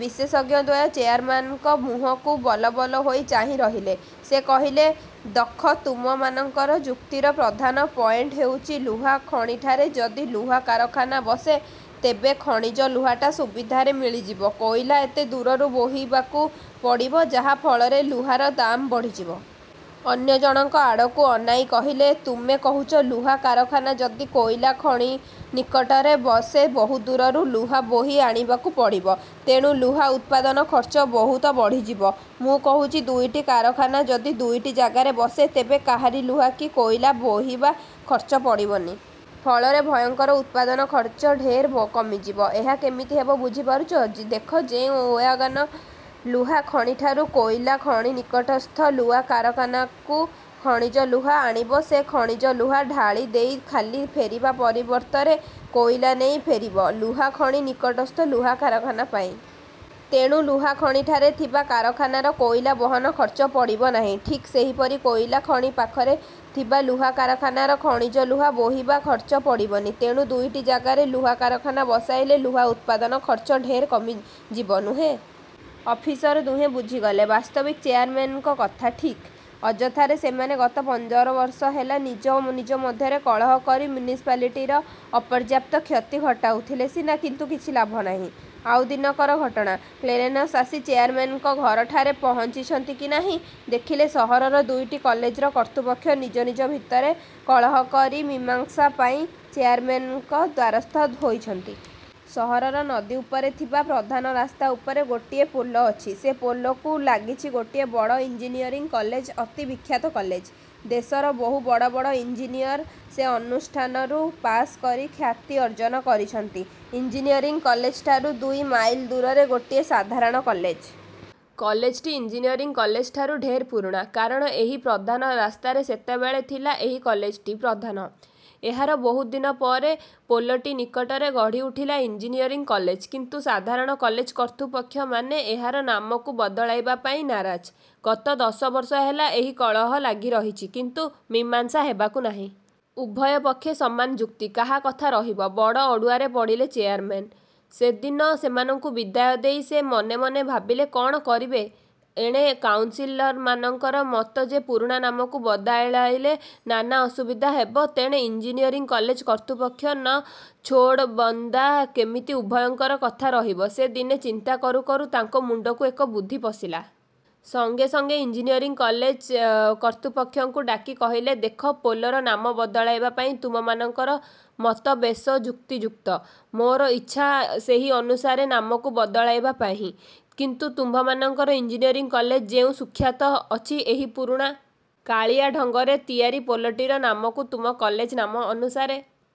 ବିଶେଷଜ୍ଞଦ୍ୱୟ ଚେୟାରମ୍ୟାନଙ୍କ ମୁହକୁ ବଲବଲ ହୋଇ ଚାହିଁ ରହିଲେ। ସେ କହିଲେ, 'ଦେଖ, ତୁମମାନଙ୍କର ଯୁକ୍ତିର ପ୍ରଧାନ ପଏଣ୍ଟ ହେଉଛି ଲୁହା ଖଣିଠାରେ ଯଦି ଲୁହା କାରଖାନା ବସେ ତେବେ ଖଣିଜ ଲୁହାଟା ସୁବିଧାରେ ମିଳିଯିବ। କୋଇଲା ଏତେ ଦୂରରୁ ବୋହିବାକୁ ପଡ଼ିବ ଯାହା ଫଳରେ ଲୁହାର ଦାମ ବଢ଼ିଯିବ। ଅନ୍ୟ ଜଣଙ୍କ ଆଡ଼କୁ ଅନାଇ କହିଲେ, 'ତୁମେ କହୁଛ ଲୁହା କାରଖାନା ଯଦି କୋଇଲାଖଣିନିକଟରେ ବସେ ବହୁ ଦୂରରୁ ଲୁହା ବୋହି ଆଣିବାକୁ ପଡ଼ିବ ତେଣୁ ଲୁହା ଉତ୍ପାଦନ ଖର୍ଚ୍ଚ ବହୁତ ବଢ଼ିଯିବ। ମୁଁ କହୁଛି ଦୁଇଟି କାରଖାନା ଯଦି ଦୁଇଟି ଜାଗାରେ ବସେ ତେବେ କାହାରି ଲୁହା କି କୋଇଲା ବୋହିବା ଖର୍ଚ୍ଚ ପଡ଼ିବନି। ଫଳରେ ଉଭୟଙ୍କର ଉତ୍ପାଦନ ଖର୍ଚ୍ଚ ଢେର କମିଯିବ। ଏହା କେମିତି ହେବ ବୁଝିପାରୁଛ? ଦେଖ ଯେଉଁ ଓ୍ୟାଗନ ଲୁହା ଖଣିଠାରୁ କୋଇଲାଖଣିନିକଟସ୍ଥ ଲୁହା କାରଖାନାକୁ ଖଣିଜ ଲୁହା ଆଣିବ ସେ ଖଣିଜ ଲୁହା ଢାଳି ଦେଇ ଖାଲି ଫେରିବା ପରିବର୍ତ୍ତରେ କୋଇଲା ନେଇ ଫେରିବ ଲୁହା ଖଣି ନିକଟସ୍ଥ ଲୁହା କାରଖାନା ପାଇଁ। ତେଣୁ ଲୁହା ଖଣିଠାରେ ଥିବା କାରଖାନାର କୋଇଲା ବହନ ଖର୍ଚ୍ଚ ପଡ଼ିବ ନାହିଁ। ଠିକ୍ ସେହିପରି କୋଇଲା ଖଣି ପାଖରେ ଥିବା ଲୁହା କାରଖାନାର ଖଣିଜ ଲୁହା ବୋହିବା ଖର୍ଚ୍ଚ ପଡ଼ିବନି। ତେଣୁ ଦୁଇଟି ଯାଗାରେ ଲୁହା କାରଖାନା ବସାଇଲେ ଲୁହା ଉତ୍ପାଦନ ଖର୍ଚ୍ଚ ଢେର କମିଯିବ, ନୁହେଁ? ଅଫିସର ଦୁହେଁ ବୁଝିଗଲେ। ବାସ୍ତବିକ୍ ଚେୟାରମେନଙ୍କ କଥା ଠିକ୍। ଅଯଥାରେ ସେମାନେ ଗତ ପନ୍ଦର ବର୍ଷ ହେଲା ନିଜ ନିଜ ମଧ୍ୟରେ କଳହ କରି ମ୍ୟୁନିସିପାଲିଟିର ଅପର୍ଯ୍ୟାପ୍ତ କ୍ଷତି ଘଟାଉଥିଲେ ସିନା, କିନ୍ତୁ କିଛି ଲାଭ ନାହିଁ। ଆଉ ଦିନକର ଘଟଣା କ୍ଳେରେନସ୍ ଆସି ଚେୟାରମେନ୍ଙ୍କ ଘରଠାରେ ପହଞ୍ଚିଛନ୍ତି କି ନାହିଁ, ଦେଖିଲେ ସହରର ଦୁଇଟି କଲେଜର କର୍ତ୍ତୁପକ୍ଷ ନିଜ ନିଜ ଭିତରେ କଳହ କରି ମୀମାଂସା ପାଇଁ ଚେୟାରମେନଙ୍କ ଦ୍ୱାରସ୍ଥ ହୋଇଛନ୍ତି। ସହରର ନଦୀ ଉପରେ ଥିବା ପ୍ରଧାନ ରାସ୍ତା ଉପରେ ଗୋଟିଏ ପୋଲ ଅଛି। ସେ ପୋଲକୁ ଲାଗିଛି ଗୋଟିଏ ବଡ଼ ଇଞ୍ଜିନିୟରିଂ କଲେଜ ଅତି ବିଖ୍ୟାତ କଲେଜ। ଦେଶର ବହୁ ବଡ଼ ବଡ଼ ଇଂଜିନିଅର ସେ ଅନୁଷ୍ଠାନରୁ ପାଶ କରି ଖ୍ୟାତି ଅର୍ଜ୍ଜନ କରିଛନ୍ତି। ଇଞ୍ଜିନିୟରିଂ କଲେଜଠାରୁ ଦୁଇ ମାଇଲ ଦୂରରେ ଗୋଟିଏ ସାଧାରଣ କଲେଜ। କଲେଜଟି ଇଂଜିନିଅରିଂ କଲେଜଠାରୁ ଢେର ପୁରୁଣା। କାରଣ ଏହି ପ୍ରଧାନ ରାସ୍ତାରେ ସେତେବେଳେ ଥିଲା ଏହି କଲେଜଟି ପ୍ରଧାନ। ଏହାର ବହୁଦିନ ପରେ ପୋଲଟିନିକଟରେ ଗଢ଼ି ଉଠିଲା ଇଂଜିନିଅରିଂ କଲେଜ କିନ୍ତୁ ସାଧାରଣ କଲେଜ କର୍ତ୍ତୃପକ୍ଷମାନେ ଏହାର ନାମକୁ ବଦଳାଇବା ପାଇଁ ନାରାଜ। ଗତ ଦଶବର୍ଷ ହେଲା ଏହି କଳହ ଲାଗି ରହିଛି; କିନ୍ତୁ ମୀମାଂସା ହେବାକୁ ନାହିଁ। ଉଭୟ ପକ୍ଷେ ସମାନ ଯୁକ୍ତି, କାହା କଥା ରହିବ। ବଡ଼ ଅଡ଼ୁଆରେ ପଡ଼ିଲେ ଚେୟାରମେନ। ସେଦିନ ସେମାନଙ୍କୁ ବିଦାୟ ଦେଇ ସେ ମନେ ମନେ ଭାବିଲେ କ'ଣ କରିବେ। ଏଣେ କାଉନସିଲରମାନଙ୍କର ମତ ଯେ ପୁରୁଣା ନାମକୁ ବଦଳାଇଲେ ନାନା ଅସୁବିଧା ହେବ ତେଣେ ଇଂଜିନିଅରିଂ କଲେଜ କର୍ତ୍ତୃପକ୍ଷ ନ ଛୋଡ଼ ବନ୍ଦା କେମିତି ଉଭୟଙ୍କର କଥା ରହିବ ସେ ଦିନେ ଚିନ୍ତା କରୁ କରୁ ତାଙ୍କ ମୁଣ୍ଡକୁ ଏକ ବୁଦ୍ଧି ପଶିଲା। ସଙ୍ଗେ ସଙ୍ଗେ ଇଂଜିନିଅରିଂ କଲେଜ କର୍ତ୍ତୃପକ୍ଷଙ୍କୁ ଡାକି କହିଲେ, ଦେଖ, ପୋଲର ନାମ ବଦଳାଇବା ପାଇଁ ତୁମମାନଙ୍କର ମତ ବେଶ ଯୁକ୍ତି ଯୁକ୍ତ। ମୋର ଇଚ୍ଛା ସେହି ଅନୁସାରେ ନାମକୁ ବଦଳାଇବା ପାଇଁ। କିନ୍ତୁ ତୁମ୍ଭମାନଙ୍କର ଇଂଜିନିଅରିଂ କଲେଜର ଯେଉଁ ସୁଖ୍ୟାତ ଅଛି ଏହି ପୁରୁଣା କାଳିଆ ଢଙ୍ଗରେ ତିଆରି ପୋଲଟିର ନାମକୁ ତୁମ କଲେଜ ନାମ ଅନୁସାରେ |